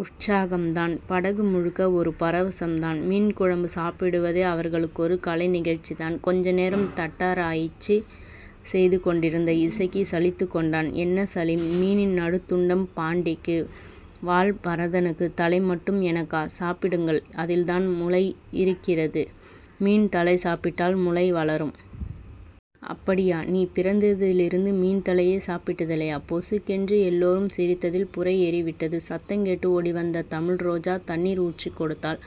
உற்சாகம்தான். படகு முழுக்க ஒரு பரவசம்தான். மீன்குழம்பு சாப்பிடுவதே அவர்களுக்கொரு கலைநிகழ்ச்சிதான். கொஞ்சநேரம் தட்டாராய்ச்சி செய்து கொண்டிருந்த இசக்கி சலித்துக்கொண்டான். என்ன சலீம். மீனின் நடுத்துண்டம் பாண்டிக்கு. வால் பரதனுக்கு. தலை மட்டும் எனக்கா..? சாப்பிடுங்கள். அதில்தான் முளை இருக்கிறது. மீன் தலை சாப்பிட்டால் முளை வளரும்... அப்படியா. நீ பிறந்ததிலிருந்து மீன் தலையே சாப்பிட்டதில்லையா..? பொசுக்கென்று எல்லோரும் சிரித்ததில் புரையேறிவிட்டது. சத்தங்கேட்டு ஓடிவந்த தமிழ்ரோஜா தண்ணீர் ஊற்றிக் கொடுத்தாள்.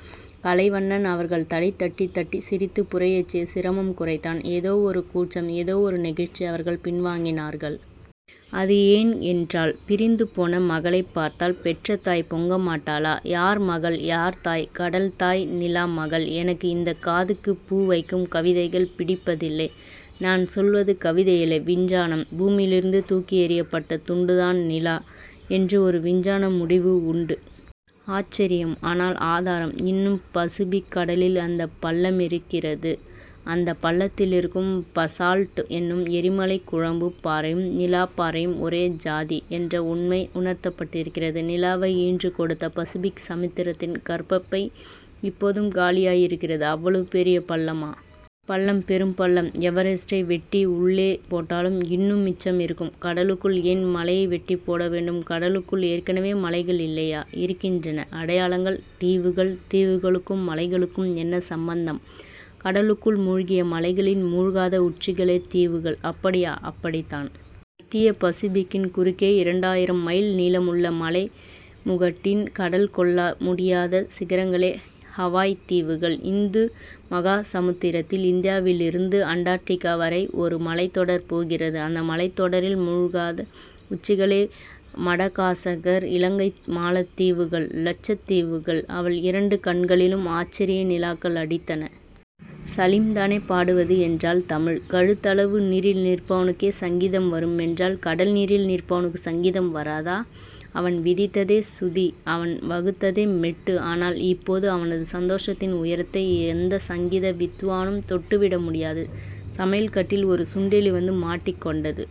கலைவண்ணன் அவர்கள் தலை தட்டித் தட்டி, சிரித்துப் புரையேற்றிய சிரமம் குறைத்தான். ஏதோ ஒரு கூச்சம். ஏதோ ஒரு நெகிழ்ச்சி. அவர்கள் பின்வாங்கினார்கள். அது ஏன்..? என்றாள். பிரிந்துபோன மகளைப் பார்த்தால் பெற்ற தாய் பொங்கமாட்டாளா..? யார் மகள்..? யார் தாய்..? கடல் தாய்... நிலா மகள்... எனக்கு இந்தக் காதுக்குப் பூ வைக்கும் கவிதைகள் பிடிப்பதில்லை... நான் சொல்வது கவிதையல்ல. விஞ்ஞானம். பூமியிலிருந்து தூக்கியெறியப்பட்ட துண்டுதான் நிலா என்று ஒரு விஞ்ஞான முடிவு உண்டு... ஆச்சரியம். ஆனால் ஆதாரம்..? இன்னும் பசிபிக் கடலில் அந்தப் பள்ளமிருக்கிறது. அந்தப் பள்ளத்திலிருக்கும் பசால்ட் என்னும் எரிமலைக் குழம்புப் பாறையும், நிலாப் பாறையும் ஒரே ஜாதி என்ற உண்மை உணர்த்தப்பட்டிருக்கிறது. நிலாவை ஈன்று கொடுத்த பசிபிக் சமுத்திரத்தின் கர்ப்பப்பை இப்போதும் காலியாயிருக்கிறது... அவ்வளவு பெரிய பள்ளமா..? பள்ளம். பெரும்பள்ளம். எவரெஸட்டை வெட்டி உள்ளே போட்டாலும் இன்னும் மிச்சமிருக்கும்... கடலுக்குள் ஏன் மலையை வெட்டிப் போட வேண்டும். கடலுக்குள் ஏற்கெனவே மலைகள் இல்லையா..? இருக்கின்றன... அடையாளங்கள்..? தீவுகள்... தீவுகளுக்கும் மலைகளுக்கும் என்ன சம்பந்தம்..? கடலுக்குள் முழ்கிய மலைகளின் முழ்காத உச்சிகளே தீவுகள்... அப்படியா..? அப்படித்தான்... மத்திய பசிபிக்கின் குறுக்கே இரண்டாயிரம் மைல் நீளமுள்ள மலைமுகட்டின் கடல் கொள்ள முடியாத சிகரங்களே ஹவாய்த் தீவுகள். இந்துமகா சமுத்திரத்தில் இந்தியாவிலிருந்து அண்டார்டிகா வரை ஒரு மலைத்தொடர் போகிறது. அந்த மலைத்தொடரில் முழ்காத உச்சிகளே மடகாஸகர் இலங்கை மாலத்தீவுகள் லட்சத்தீவுகள்... அவள் இரண்டு கண்களிலும் ஆச்சரிய நிலாக்கள் அடித்தன. சலீம்தானே பாடுவது..? என்றாள் தமிழ். கழுத்தளவு நீரில் நிற்பவனுக்கே சங்கீதம் வருமென்றால், கடல்நீரில் நிற்பவனுக்குச் சங்கீதம் வராதா..? அவன் விதித்ததே சுதி. அவன் வகுத்ததே மெட்டு. ஆனால், இப்போது அவனது சந்தோஷத்தின் உயரத்தை எந்தச் சங்கீத வித்வானும் தொட்டுவிட முடியாது... சமையல்கட்டில் ஒரு சுண்டெலி வந்து மாட்டிக் கொண்டது.